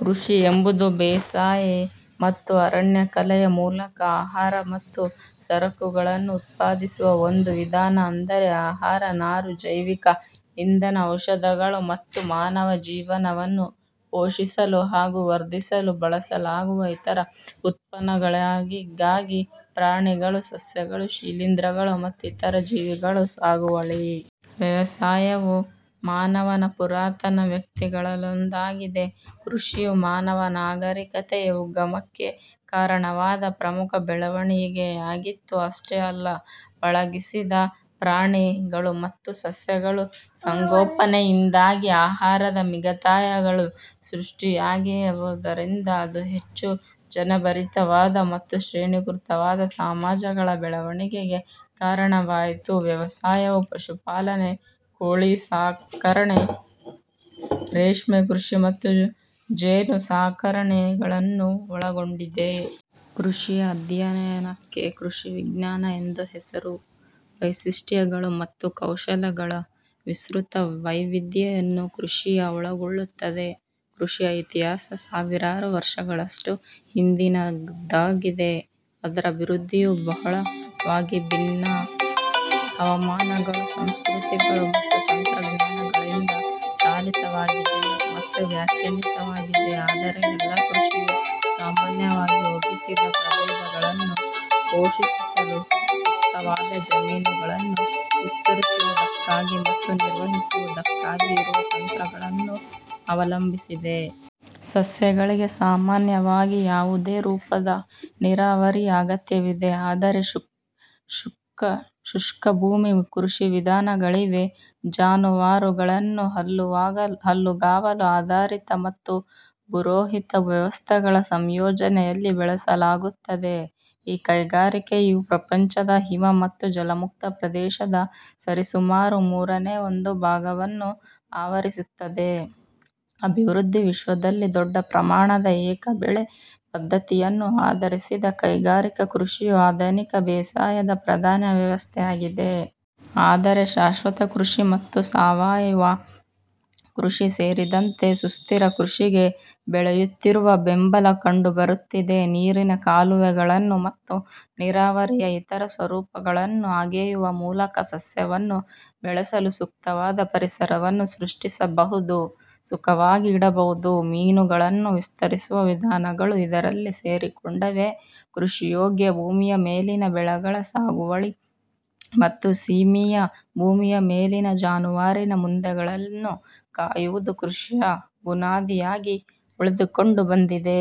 ಕೃಷಿ ಎಂಬುದು ಬೇಸಾಯ ಮತ್ತು ಅರಣ್ಯಕಲೆಯ ಮೂಲಕ ಆಹಾರ ಮತ್ತು ಸರಕುಗಳನ್ನು ಉತ್ಪಾದಿಸುವ ಒಂದು ವಿಧಾನ. ಅಂದರೆ ಆಹಾರ, ನಾರು, ಜೈವಿಕ ಇಂಧನ, ಔಷಧಗಳು ಮತ್ತು ಮಾನವ ಜೀವನವನ್ನು ಪೋಷಿಸಲು ಹಾಗೂ ವರ್ಧಿಸಲು ಬಳಸಲಾಗುವ ಇತರ ಉತ್ಪನ್ನಗಳಿಗಾಗಿ ಪ್ರಾಣಿ ಗಳು, ಸಸ್ಯಗಳು, ಶಿಲೀಂಧ್ರಗಳು, ಮತ್ತು ಇತರ ಜೀವಿಗಳ ಸಾಗುವಳಿ. ವ್ಯವಸಾಯವು ಮಾನವ ನ ಪುರಾತನ ವೃತ್ತಿಗಳಲ್ಲೊಂದಾಗಿದೆ. ಕೃಷಿಯು ಮಾನವ ನಾಗರಿಕತೆಯ ಉಗಮಕ್ಕೆ ಕಾರಣವಾದ ಪ್ರಮುಖ ಬೆಳವಣಿಗೆಯಾಗಿತ್ತು. ಅಷ್ಟೇ ಅಲ್ಲ, ಪಳಗಿಸಿದ ಪ್ರಾಣಿ ಗಳು ಮತ್ತು ಸಸ್ಯಗಳ ಸಂಗೋಪನೆಯಿಂದಾಗಿ ಆಹಾರದ ಮಿಗುತಾಯಗಳು ಸೃಷ್ಟಿಯಾಗುವುದರಿಂದ ಅದು ಹೆಚ್ಚು ಜನಭರಿತವಾದ ಮತ್ತು ಶ್ರೇಣೀಕೃತವಾದ ಸಮಾಜಗಳ ಬೆಳವಣಿಗೆಗೆ ಕಾರಣವಾಯಿತು. ವ್ಯವಸಾಯವು ಪಶುಪಾಲನೆ, ಕೋಳಿಸಾಕಣೆ, ರೇಷ್ಮೆ ಕೃಷಿ ಮತ್ತು ಜೇನುಸಾಕಣೆಗಳನ್ನು ಒಳಗೊಂಡಿದೆ. ಕೃಷಿಯ ಅಧ್ಯಯನಕ್ಕೆ ಕೃಷಿ ವಿಜ್ಞಾನ ಎಂದು ಹೆಸರು. ವೈಶಿಷ್ಟ್ಯಗಳು ಮತ್ತು ಕೌಶಲಗಳ ವಿಸ್ತೃತ ವೈವಿಧ್ಯವನ್ನು ಕೃಷಿಯು ಒಳಗೊಳ್ಳುತ್ತದೆ. ಕೃಷಿಯ ಇತಿಹಾಸ ಸಾವಿರಾರು ವರ್ಷಗಳಷ್ಟು ಹಿಂದಿನದ್ದಾಗಿದೆ. ಅದರ ಅಭಿವೃದ್ಧಿಯು ಬಹಳವಾಗಿ ಭಿನ್ನ ಹವಾಮಾನಗಳು, ಸಂಸ್ಕೃತಿಗಳು, ಮತ್ತು ತಂತ್ರಜ್ಞಾನಗಳಿಂದ ಚಾಲಿತವಾಗಿದೆ ಮತ್ತು ವ್ಯಾಖ್ಯಾನಿತವಾಗಿದೆ. ಆದರೆ, ಎಲ್ಲ ಕೃಷಿಯು ಸಾಮಾನ್ಯವಾಗಿ ಒಗ್ಗಿಸಿದ ಪ್ರಭೇದಗಳನ್ನು ಪೋಷಿಸಲು ಸೂಕ್ತವಾದ ಜಮೀನುಗಳನ್ನು ವಿಸ್ತರಿಸುವುದಕ್ಕಾಗಿ ಮತ್ತು ನಿರ್ವಹಿಸುವುದಕ್ಕಾಗಿ ಇರುವ ತಂತ್ರಗಳನ್ನು ಅವಲಂಬಿಸಿದೆ. ಸಸ್ಯಗಳಿಗೆ ಸಾಮಾನ್ಯವಾಗಿ ಯಾವುದೋ ರೂಪದ ನೀರಾವರಿಯ ಅಗತ್ಯವಿದೆ. ಆದರೆ, ಶುಷ್ಕಭೂಮಿ ಕೃಷಿ ವಿಧಾನಗಳಿವೆ. ಜಾನುವಾರುಗಳನ್ನು ಹುಲ್ಲುಗಾವಲು ಆಧಾರಿತ ಮತ್ತು ಭೂರಹಿತ ವ್ಯವಸ್ಥೆಗಳ ಸಂಯೋಜನೆಯಲ್ಲಿ ಬೆಳೆಸಲಾಗುತ್ತದೆ. ಈ ಕೈಗಾರಿಕೆಯು ಪ್ರಪಂಚದ ಹಿಮ ಮತ್ತು ಜಲಮುಕ್ತ ಪ್ರದೇಶದ ಸರಿಸುಮಾರು ಮೂರನೇ ಒಂದು ಭಾಗವನ್ನು ಆವರಿಸುತ್ತದೆ. ಅಭಿವೃದ್ಧಿ ವಿಶ್ವದಲ್ಲಿ, ದೊಡ್ಡ ಪ್ರಮಾಣದ ಏಕಬೆಳೆ ಪದ್ಧತಿಯನ್ನು ಆಧರಿಸಿದ ಕೈಗಾರಿಕಾ ಕೃಷಿಯು ಆಧುನಿಕ ಬೇಸಾಯದ ಪ್ರಧಾನ ವ್ಯವಸ್ಥೆಯಾಗಿದೆ. ಆದರೆ, ಶಾಶ್ವತಕೃಷಿ ಮತ್ತು ಸಾವಯವ ಕೃಷಿ ಸೇರಿದಂತೆ ಸುಸ್ಥಿರ ಕೃಷಿಗೆ ಬೆಳೆಯುತ್ತಿರುವ ಬೆಂಬಲ ಕಂಡುಬರುತ್ತಿದೆ. ನೀರಿನ ಕಾಲುವೆಗಳನ್ನು ಮತ್ತು ನೀರಾವರಿಯ ಇತರ ಸ್ವರೂಪಗಳನ್ನು ಅಗೆಯುವ ಮೂಲಕ, ಸಸ್ಯವನ್ನು ಬೆಳೆಸಲು ಸೂಕ್ತವಾದ ಪರಿಸರವನ್ನು ಸೃಷ್ಟಿಸಬಹುದು, ಸುಖವಾಗಿ ಇಡಬಹುದು. ಮೀನುಗಳನ್ನು ವಿಸ್ತರಿಸುವ ವಿಧಾನಗಳು ಇದರಲ್ಲಿ ಸೇರಿಕೊಂಡಿವೆ. ಕೃಷಿಯೋಗ್ಯ ಭೂಮಿಯ ಮೇಲಿನ ಬೆಳೆಗಳ ಸಾಗುವಳಿ ಮತ್ತು ಸೀಮೆಯ ಭೂಮಿಯ ಮೇಲಿನ ಜಾನುವಾರಿನ ಮಂದೆಗಳನ್ನು ಕಾಯುವುದು ಕೃಷಿಯ ಬುನಾದಿಯಾಗಿ ಉಳಿದುಕೊಂಡು ಬಂದಿದೆ.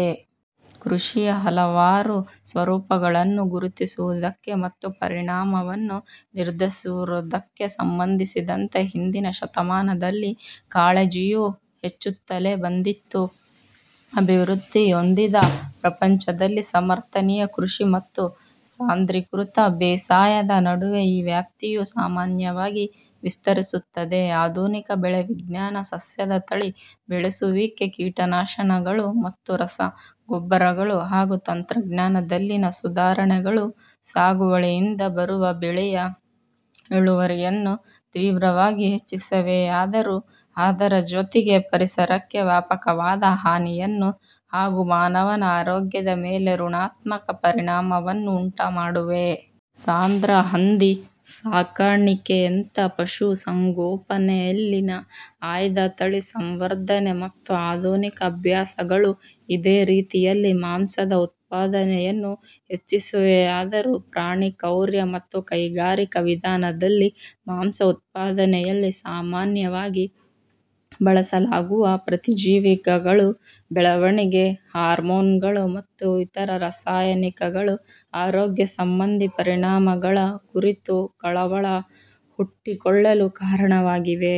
ಕೃಷಿಯ ಹಲವಾರು ಸ್ವರೂಪಗಳನ್ನು ಗುರುತಿಸುವುದಕ್ಕೆ ಮತ್ತು ಪರಿಮಾಣವನ್ನು ನಿರ್ಧರಿಸುವುದಕ್ಕೆ ಸಂಬಂಧಿಸಿದಂತೆ ಹಿಂದಿನ ಶತಮಾನದಲ್ಲಿ ಕಾಳಜಿಯು ಹೆಚ್ಚುತ್ತಲೇ ಬಂದಿತ್ತು. ಅಭಿವೃದ್ಧಿ ಹೊಂದಿದ ಪ್ರಪಂಚದಲ್ಲಿ ಸಮರ್ಥನೀಯ ಕೃಷಿ ಮತ್ತು ಸಾಂದ್ರೀಕೃತ ಬೇಸಾಯದ ನಡುವೆ ಈ ವ್ಯಾಪ್ತಿಯು ಸಾಮಾನ್ಯವಾಗಿ ವಿಸ್ತರಿಸುತ್ತದೆ. ಆಧುನಿಕ ಬೆಳೆ ವಿಜ್ಞಾನ, ಸಸ್ಯದ ತಳಿ ಬೆಳೆಸುವಿಕೆ, ಕೀಟನಾಶಕಗಳು ಮತ್ತು ರಸಗೊಬ್ಬರಗಳು, ಹಾಗೂ ತಂತ್ರಜ್ಞಾನದಲ್ಲಿನ ಸುಧಾರಣೆಗಳು ಸಾಗುವಳಿಯಿಂದ ಬರುವ ಬೆಳೆಯ ಇಳುವರಿಯನ್ನು ತೀವ್ರವಾಗಿ ಹೆಚ್ಚಿಸಿವೆಯಾದರೂ, ಅದರ ಜೊತೆಗೇ, ಪರಿಸರಕ್ಕೆ ವ್ಯಾಪಕವಾದ ಹಾನಿಯನ್ನು ಹಾಗೂ ಮಾನವನ ಆರೋಗ್ಯದ ಮೇಲೆ ಋಣಾತ್ಮಕ ಪರಿಣಾಮವನ್ನೂ ಉಂಟುಮಾಡಿವೆ. ಸಾಂದ್ರ ಹಂದಿ ಸಾಕಾಣಿಕೆಯಂಥ ಪಶು ಸಂಗೋಪನೆಯಲ್ಲಿನ ಆಯ್ದ ತಳಿ ಸಂವರ್ಧನೆ ಮತ್ತು ಆಧುನಿಕ ಅಭ್ಯಾಸಗಳು ಇದೇ ರೀತಿಯಲ್ಲಿ ಮಾಂಸ ದ ಉತ್ಪಾದನೆಯನ್ನೂ ಹೆಚ್ಚಿಸಿವೆಯಾದರೂ, ಪ್ರಾಣಿ ಕ್ರೌರ್ಯ ಮತ್ತು ಕೈಗಾರಿಕಾ ವಿಧಾನದಲ್ಲಿ ಮಾಂಸ ಉತ್ಪಾದನೆಯಲ್ಲಿ ಸಾಮಾನ್ಯವಾಗಿ ಬಳಸಲಾಗುವ ಪ್ರತಿಜೀವಿಕಗಳು, ಬೆಳವಣಿಗೆ ಹಾರ್ಮೋನುಗಳು, ಮತ್ತು ಇತರ ರಾಸಾಯನಿಕಗಳ ಆರೋಗ್ಯ ಸಂಬಂಧಿ ಪರಿಣಾಮಗಳ ಕುರಿತೂ ಕಳವಳ ಹುಟ್ಟಿಕೊಳ್ಳಲು ಕಾರಣವಾಗಿವೆ.